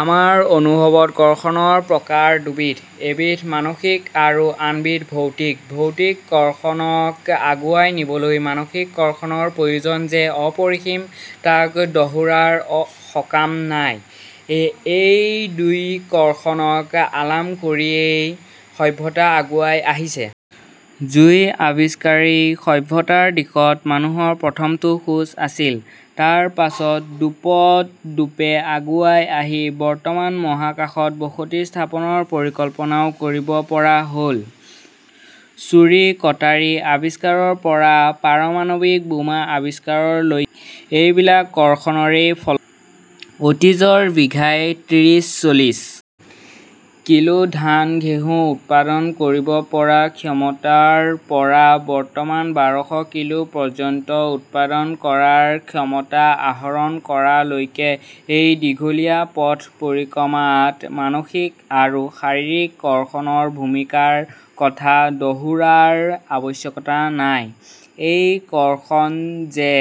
আমাৰ অনুভৱত কৰ্ষণৰ প্ৰকাৰ দুবিধ৷ এবিধ মানসিক আৰু আন বিধ ভৌতিক৷ ভৌতিক কৰ্ষণক আগুৱাই নিবলৈ মানসিক কৰ্ষণৰ প্ৰয়োজন যে অপৰিসীম তাক দোহৰাৰ সকাম নাই৷ এই দুই কৰ্ষণক আলম কৰিয়ে মানৱ সভ্যতা আগুৱাই আহিছে। জুইৰ আৱিষ্কাৰেই সভ্যতাৰ দিশত মানুহৰ প্ৰথমটো খোজ আছিল৷ তাৰপাছত দোপত-দোপে আগুৱাই আহি বৰ্তমান মহাকাশত বসতি স্থাপনৰ পৰিকল্পনাও কৰিব পৰা হ'ল৷ চুৰি কটাৰী আৱিষ্কাৰৰ পৰা পাৰমাণৱিক বোমা আৱিষ্কাৰলৈকে। এইবিলাক কৰ্ষণৰে ফল৷ অতীজৰ বিঘাই প্ৰতি ত্ৰিছচল্লিছ কিলো ধান-ঘেঁহু উৎপাদন কৰিব পৰা ক্ষমতাৰ পৰা বৰ্তমানৰ বাৰ শ কিলো পৰ্যন্ত উৎপাদন কৰাৰ ক্ষমতা আহৰণ কৰালৈকে এই দীঘলিয়া পথ পৰিক্ৰমাত মানসিক আৰু শাৰীৰিক কৰ্ষণৰ ভূমিকাৰ কথা দোহৰাৰ আৱশ্যকতা নাই৷ এই কৰ্ষণ যে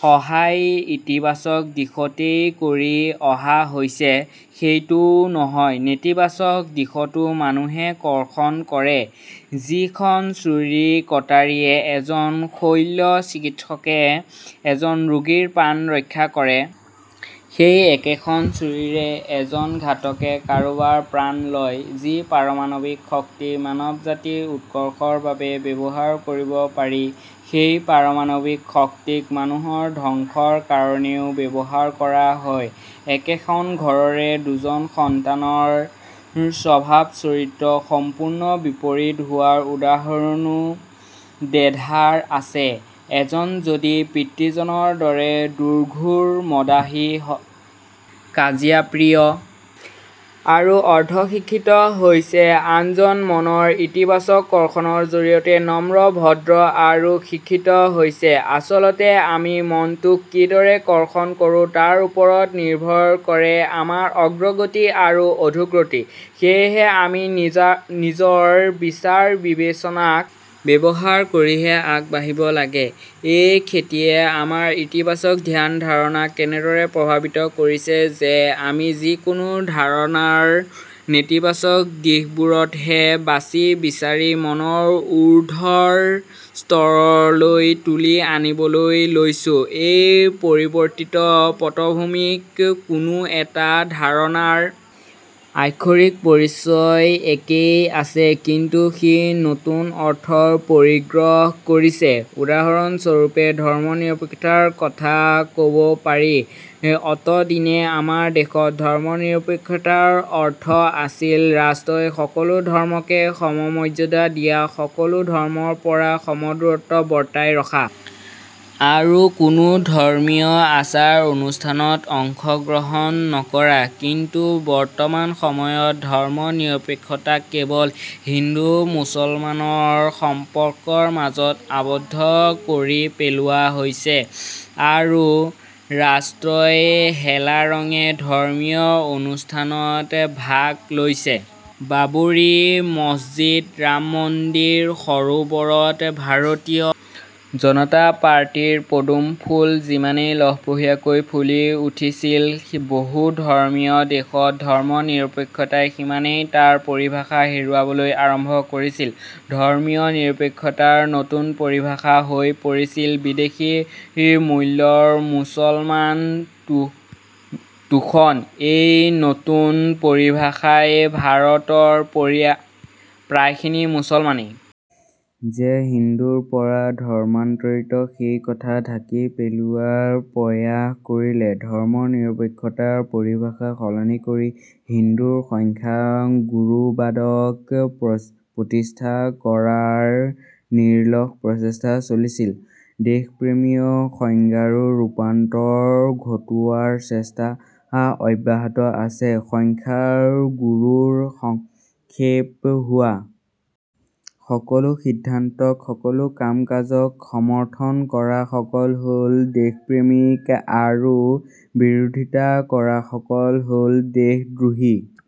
সদায় ইতিবাচক দিশতেই কৰি অহা হৈছে ,সেইটোও নহয় নেতিবাচক দিশতো মানুহে কৰ্ষণ কৰে৷ যিখন চুৰি কটাৰীৰে এজন শৈল্য চিকিৎসকে এজন ৰোগীৰ প্ৰাণ ৰক্ষা কৰে। সেই একেখন চুৰিৰে এজন ঘাতকে কাৰোবাৰ প্ৰাণো লয়৷ যি পাৰমাণৱিক শক্তিক মানৱ জাতিৰ উৎকৰ্ষৰ বাবে ব্যৱহাৰ কৰিব পাৰি ।সেই পাৰমাণৱিক শক্তিক মানুহৰ ধ্বংসৰ কাৰণেও ব্যৱহাৰ কৰা হয়৷ একেখন ঘৰৰ দুজন সন্তানৰ স্বভাৱ চৰিত্ৰ সম্পূৰ্ণ বিপৰীত হোৱাৰ উদাহৰণো দেধাৰ আছে৷ এজন যদি পিতৃজনৰ দৰে দুৰ্ঘোৰ মদাহী কাজিয়া। প্ৰিয় আৰু অৰ্ধ শিক্ষিত হৈছে আনজন মনৰ ইতিবাচক কৰ্ষণৰ জৰিয়তে নম্ৰ ভদ্ৰ আৰু শিক্ষিত হৈছে৷ আচলতে আমি মনটোক কিদৰে কৰ্ষণ কৰো তাৰ ওপৰতে নিৰ্ভৰ কৰে আমাৰ অগ্ৰগতি আৰু অধোগতি৷ সেয়েহে আমি নিজৰ বিচাৰ বিবেচনাক ব্যৱহাৰ কৰিহে আগবাঢ়িব লাগে৷ এই খেতিয়ে আমাৰ ইতিবাচক ধ্যান ধাৰণাক এনেদৰ প্ৰভাৱিত কৰিছে যে আমি যিকোনো ধাৰণাৰ নেতিবাচক দিশবোৰকহে বাচি বিচাৰি মনৰ উৰ্ধ স্তৰলৈ তুলি আনিবলৈ লৈছো৷ এই পৰিৱৰ্তিত পটভূমিত কোনো এটা ধাৰণাৰ আক্ষৰিক পৰিচয় একেই আছে কিন্তু সি নতুন অৰ্থ পৰিগ্ৰহ কৰিছে৷ উদাহৰণ স্বৰূপে ধৰ্ম-নিৰপেক্ষতাৰ কথা ক'ব পাৰি৷ অতদিনে আমাৰ দেশত ধৰ্ম-নিৰপেক্ষতাৰ অৰ্থ আছিল ৰাষ্ট্ৰই সকলো ধৰ্মকে সম-মৰ্যাদা দিয়া সকলো ধৰ্মৰ পৰা সম-দূৰত্ব বৰ্তাই ৰখা আৰু কোনো ধৰ্মীয় আচাৰ-অনুষ্ঠানত অংশ গ্ৰহণ নকৰা৷ কিন্তু বৰ্তমান সময়ত ধৰ্ম-নিৰপেক্ষতাক কেৱল হিন্দু-মুছলমানৰ সম্পৰ্কৰ মাজত আবদ্ধ কৰি পেলোৱা হৈছে আৰু ৰাষ্ট্ৰই হেলাৰঙে ধৰ্মীয় অনুষ্ঠানত ভাগ লৈ আছে৷ বাবৰি মছজিদ ৰাম মন্দিৰৰ সৰোবৰত ভাৰতীয় জনতা পাৰ্টীৰ পদুম ফুল যিমানে লহপহীয়াকৈ ফুলি উঠিছিল বহু ধৰ্মীয় দেশখনত ধৰ্ম-নিৰপেক্ষতাই সিমানেই তাৰ পৰিভাষা হেৰুৱাবলৈ আৰম্ভ কৰিছিল৷ ধৰ্ম-নিৰপেক্ষতাৰ নতুন পৰিভাষা হৈ পৰিল বিদেশী মূলৰ মুছলমান তোষণ৷ এই নতুন পৰিভাষাই ভাৰতৰ প্ৰায়খিনি মুছলমানেই যে হিন্দুৰ পৰা ধৰ্মান্তৰিত সেই কথা ঢাকি পেলোৱাৰ প্ৰয়াস কৰিলে৷ ধৰ্ম-নিৰপেক্ষতাৰ পৰিভাষা সলনি কৰি হিন্দুৰ সংখ্যা গুৰুবাদক প্ৰতিষ্ঠা কৰাৰ নিৰলস প্ৰচেষ্টা চলিল৷ দেশপ্ৰেমিক সংজ্ঞাৰো ৰূপান্তৰ ঘটোৱাৰ চেষ্টা অব্যাহত আছে৷ সংখ্যা গুৰুৰ সপক্ষে হোৱা সকলো সিদ্ধান্তক সকলো কাম-কাজক সমৰ্থন কৰাসকল হ'ল দেশপ্ৰেমিক আৰু বিৰোধিতা কৰাসকল হ'ল দেশদ্ৰোহী৷